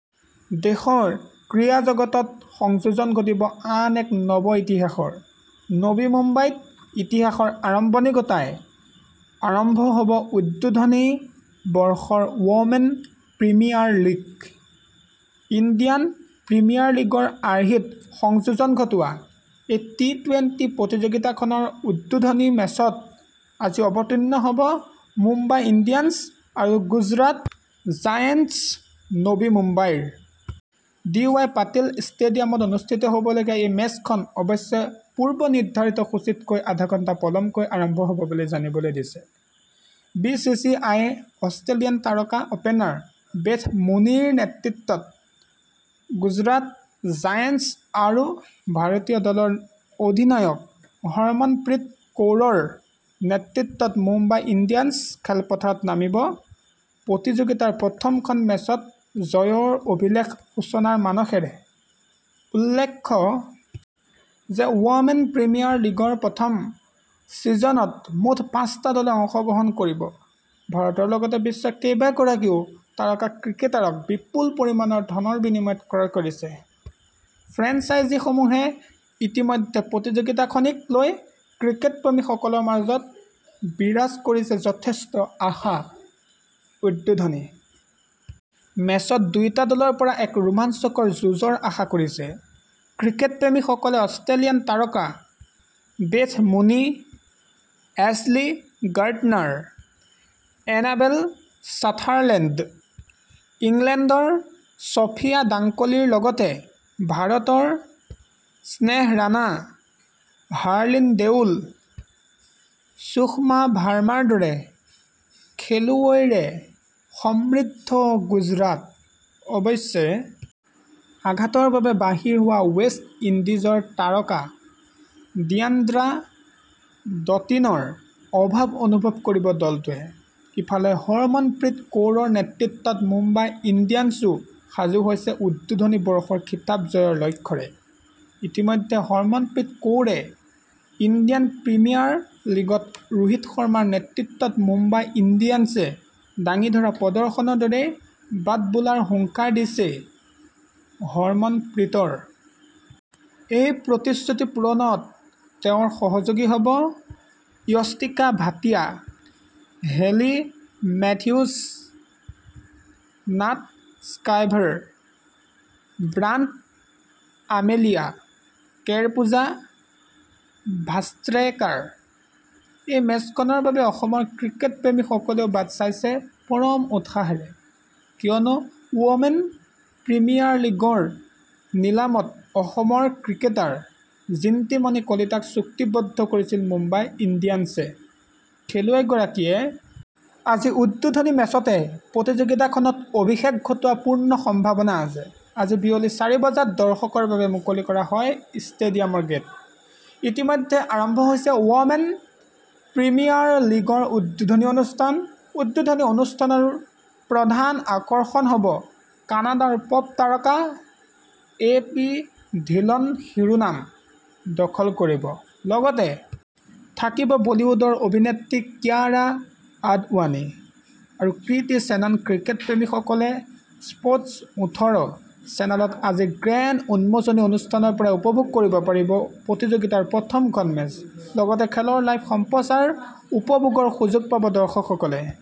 দেশৰ ক্ৰীড়াজগতত সংযোজন ঘটিব আন এক নব ইতিহাসৰ, নৱী মুম্বাইত ইতিহাসৰ আৰম্ভণি ঘটাই আৰম্ভ হ'ব উদ্বোধনী বৰ্ষৰ women premier league. Indian premier লীগৰ আৰ্হিত সংযোজন ঘটোৱা এই টি- টুৱেন্টি প্ৰতিযোগিতাখনৰ উদ্বোধনী মেচত আজি অৱতীৰ্ণ হ'ব মুম্বাই ইণ্ডিয়ানছ আৰু গুজৰাট জায়েন্টছনৱী মুম্বাইৰ। ডি ৱাই পাটিল ষ্টেডিয়ামত অনুষ্ঠিত হ'বলগীয়া এই মেচখন অৱশ্যে পূৰ্ব নিৰ্ধাৰিত সূচীতকৈ আধা ঘণ্টা পলমকৈ আৰম্ভ হ'ব বুলি জানিবলৈ দিছে ।বি চি চি আই এ অষ্ট্ৰেলিয়ান তাৰকা অপেনাৰ বেথ মুনীৰ নেতৃত্বত গুজৰাট জায়েণ্টছ আৰু ভাৰতীয় দলৰ অধিনায়ক হৰমনপ্ৰীত কৌৰৰ নেতৃত্বত মুম্বাই ইণ্ডিয়ানছ খেলপথাৰত নামিব প্ৰতিযোগিতাৰ প্ৰথমখন মেচত জয়ৰ অভিলেখ সূচনাৰ মানসেৰে। উল্লেখ্য যে ৱমেন প্ৰিমিয়াৰ লীগৰ প্ৰথম ছিজনত মুঠ পাঁচটা দলে অংশ গ্ৰহণ কৰিব। ভাৰতৰ লগতে বিশ্বৰ কেইবাগৰাকীও তাৰকা ক্ৰিকেটাৰক বিপুল পৰিমাণৰ ধনৰ বিনিময়ত ক্ৰয় কৰিছে। ফ্ৰেঞ্চাইজিসমূহে ইতিমধ্যে প্ৰতিযোগিতাখনিক লৈ ক্ৰিকেট প্ৰেমীসকলৰ মাজত বিৰাজ কৰিছে যথেষ্ট আশা। উদ্বোধনী মেচত দুয়োটা দলৰ পৰা এক ৰোমাঞ্চকৰ যুঁজৰ আশা কৰিছে। ক্ৰিকেট প্ৰেমীসকলে অষ্ট্ৰেলিয়ান তাৰকা Beth Mooney Ashleigh Gardner Annabel Sutherland ইংলেণ্ডৰ ছফিয়া ডাংকলিৰ লগতে ভাৰতৰ স্নেহ ৰাণা হাৰ্লিন দেউল সুষমা ভাৰ্মাৰ দৰে খেলুৱৈৰে সমৃদ্ধ গুজৰাট। অৱশ্যে আঘাতৰ বাবে বাহিৰ হোৱা ৱেষ্ট ইণ্ডিজৰ তাৰকা ডিয়াণ্ড্ৰা ডটিনৰ অভাৱ অনুভৱ কৰিব দলটোৱে ।ইফালে হৰমনপ্ৰীত কৌৰৰ নেতৃত্বত মুম্বাই ইণ্ডিয়ানছো সাজু হৈছে উদ্বোধনী বৰ্ষৰ খিতাপ জয়ৰ লক্ষ্যৰে। ইতিমধ্যে হৰমনপ্ৰীত কৌৰে ইণ্ডিয়ান প্ৰিমিয়াৰ লীগত ৰোহিত শৰ্মাৰ নেতৃত্বত মুম্বাই ইণ্ডিয়ানছে দাঙি ধৰা প্ৰদৰ্শনৰ দৰেই বাট বুলাৰ হুংকাৰ দিছেই। হৰমনপ্ৰীতৰ এই প্ৰতিশ্ৰুতি পূৰণত তেওঁৰ সহযোগী হ'ব য়স্তিকা ভাটিয়া হেলি মেথিউছ নাট স্কাইভাৰ ব্ৰাণ্ট আমেলিয়া কেৰ পূজা ভাষ্ট্ৰেকাৰ। এই মেচখনৰ বাবে অসমৰ ক্ৰিকেট প্ৰেমীসকলেও বাট চাইছে পৰম উৎসাহেৰে, কিয়নো ৱমেন প্ৰিমিয়াৰ লীগৰ নিলামত অসমৰ ক্ৰিকেটাৰ জিণ্টিমণি কলিতাক চুক্তিবদ্ধ কৰিছিল মুম্বাই ইণ্ডিয়ানছে ।খেলুৱৈগৰাকীয়ে আজি উদ্বোধনী মেচতে প্ৰতিযোগিতাখনত অভিষেক ঘটোৱাৰ পূৰ্ণ সম্ভাৱনা আছে। আজি বিয়লি চাৰি বজাত দৰ্শকৰ বাবে মুকলি কৰা হয় ষ্টেডিয়ামৰ গেট। ইতিমধ্যে আৰম্ভ হৈছে ৱমেন প্ৰিমিয়াৰ লীগৰ উদ্বোধনী অনুষ্ঠান। উদ্বোধনী অনুষ্ঠানৰ প্ৰধান আকৰ্ষণ হ'ব কানাডাৰ পপ তাৰকা এ পি ধিলন শিৰোনাম দখল কৰিব। লগতে থাকিব বলীউডৰ অভিনেত্ৰী কিয়াৰা আদৱানী আৰু কৃতি শ্বেননক্ৰিকেট প্ৰেমীসকলে স্প্টছ ওঠৰ চেনেলত আজিৰ গ্ৰেণ্ড উন্মোচনী অনুষ্ঠানৰ পৰাই উপভোগ কৰিব পাৰিব প্ৰতিযোগিতাৰ প্ৰতিখন মেচ। লগতে খেলৰ লাইভ সম্প্ৰচাৰ উপভোগৰ সুযোগ পাব দৰ্শকসকলে।